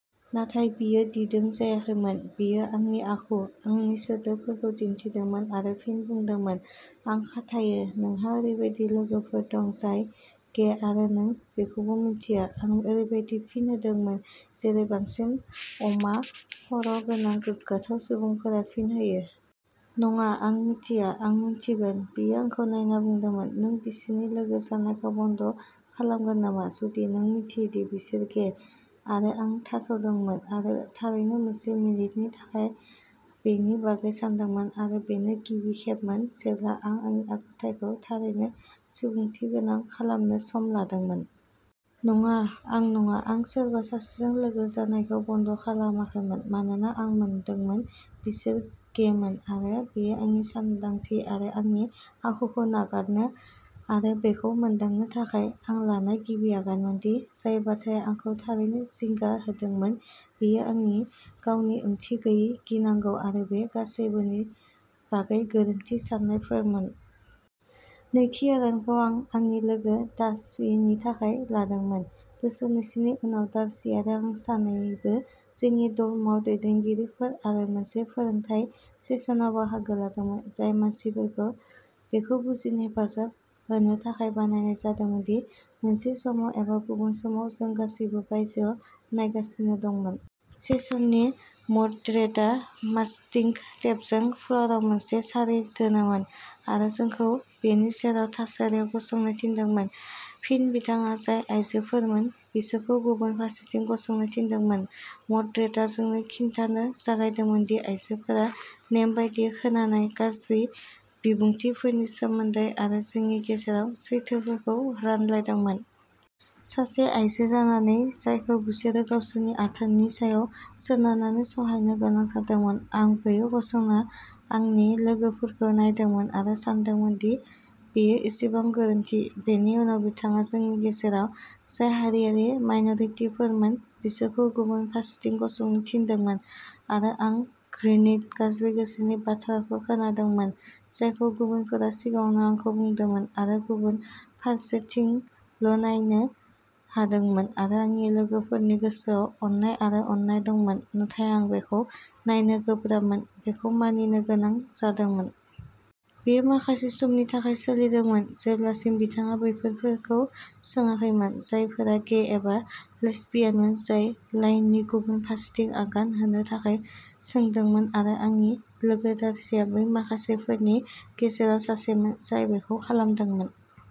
नाथाय बियो दिदोम जायाखैमोन। बियो आंनि आखु, आंनि सोदोबफोरखौ दिन्थिदोंमोन आरो फिन बुंदोंमोन, "आं खाथायो नोंहा ओरैबायदि लोगोफोर दं जाय गे आरो नों बेखौबो मिथिया। " आं ओरैबायदि फिन होदोंमोन जेरै बांसिन अमा-खर' गोनां, गोग्गाथाव सुबुंफोरा फिन होयो। "नङा, आं मिथिया। आं मिन्थिगोन। " बियो आंखौ नायना बुंदोंमोन, "नों बिसोरनि लोगो जानायखौ बन्द खालामगोन नामा जुदि नों मिन्थियो दि बिसोर गे? " आरो आं थाथ'दोंमोन आरो थारैनो मोनसे मिनिटनि थाखाय बेनि बागै सानदोंमोन, आरो बेनो गिबि खेबमोन जेब्ला आं आंनि आखुथाइखौ थारैनो सुबुंथिगोनां खालामनो सम लादोंमोन। "नङा, आं नङा। आं सोरबा सासेजों लोगो जानायखौ बन्द' खालामाखैमोन मानोना आं मोनदोंमोन। बिसोर गेमोन। "आरो बेयो आंनि सानदांथि आरो आंनि आखुखौ नागारनो आरो बेखौ मोनदांनो थाखाय आं लानाय गिबि आगानमोन दि जाय बाथ्राया आंखौ थारैनो जिंगा होदोंमोन बेयो आंनि गावनि ओंथि गैयै गिनांगौ आरो बे गासैबोनि बागै गोरोन्थि साननायफोरमोन। नैथि आगानखौ आं आंनि लोगो डार्सीनि थाखाय लादोंमोन। बोसोरनैसोनि उनाव डार्सी आरो आं सानैबो जोंनि डर्मआव दैदेनगिरिमोन आरो मोनसे फोरोंथाय सेशनाव बाहागो लादोंमोन, जाय मानसिफोरखौ बेखौ बुजिनो हेफाजाब होनो थाखाय बानायनाय जादोंमोन दि मोनसे समाव एबा गुबुन समाव जों गासैबो बायजोयाव नायगासिनो दंमोन। सेसननि म'डरेटआ मास्किंग टेपजों फ्ल'रआव मोनसे सारि दोनोमोन आरो जोंखौ बेनि सेराव थासारियाव गसंनो थिनदोंमोन। फिन बिथाङा जाय आयजोफोरमोन बिसोरखौ गुबुन फारसेथिं गसंनो थिनदोंमोन। म'डरेटआ जोंनो खिन्थानो जागायदोंमोन दि आइजोफोरा नेमबादियै खोनानाय गाज्रि बिबुंथिफोरनि सोमोन्दै आरो जोंनि गेजेराव सैथोफोरखौ रानलायदोंमोन। सासे आइजो जानानै जायखौ बिसोरो गावसोरनि आथोननि सायाव सोनारनानै सहायनो गोनां जादोंमोन। आं बैयाव गसंना आंनि लोगोफोरखौ नायदोंमोन आरो सानदोंमोन दि बेयो एसेबां गोरोन्थि। बेनि उनाव बिथाङा जोंनि गेजेराव जाय हारिआरि माइन'रिटिफोरमोन बिसोरखौ गुबुन फारसेथिं गसंनो थिनदोंमोन आरो आं घृणित, गाज्रि गोसोनि बाथ्राफोर खोनादोंमोन जायखौ गुबुनफोरा सिगाङाव आंखौ बुंदोंमोन आरो गुबुन फारसेथिंल' नायनो हादोंमोन आरो आंनि लोगोफोरनि गोसोआव अननाय आरो अननाय दंमोन, नाथाय आं बेखौ नायनो गोब्राबमोन बेखौ मानिनो गोनां जादोंमोन। बेयो माखासे समनि थाखाय सोलिदोंमोन जेब्लासिम बिथाङा बैफोरफोरखौ सोङाखैमोन जायफोरा गे एबा लेसबियानमोन जाय लाइननि गुबुन फारसेथिं आगान होनो थाखाय सोंदोंमोन आरो आंनि लोगो डार्सीआ बै माखासेफोरनि गेजेराव सासेमोन जाय बेखौ खालामदोंमोन।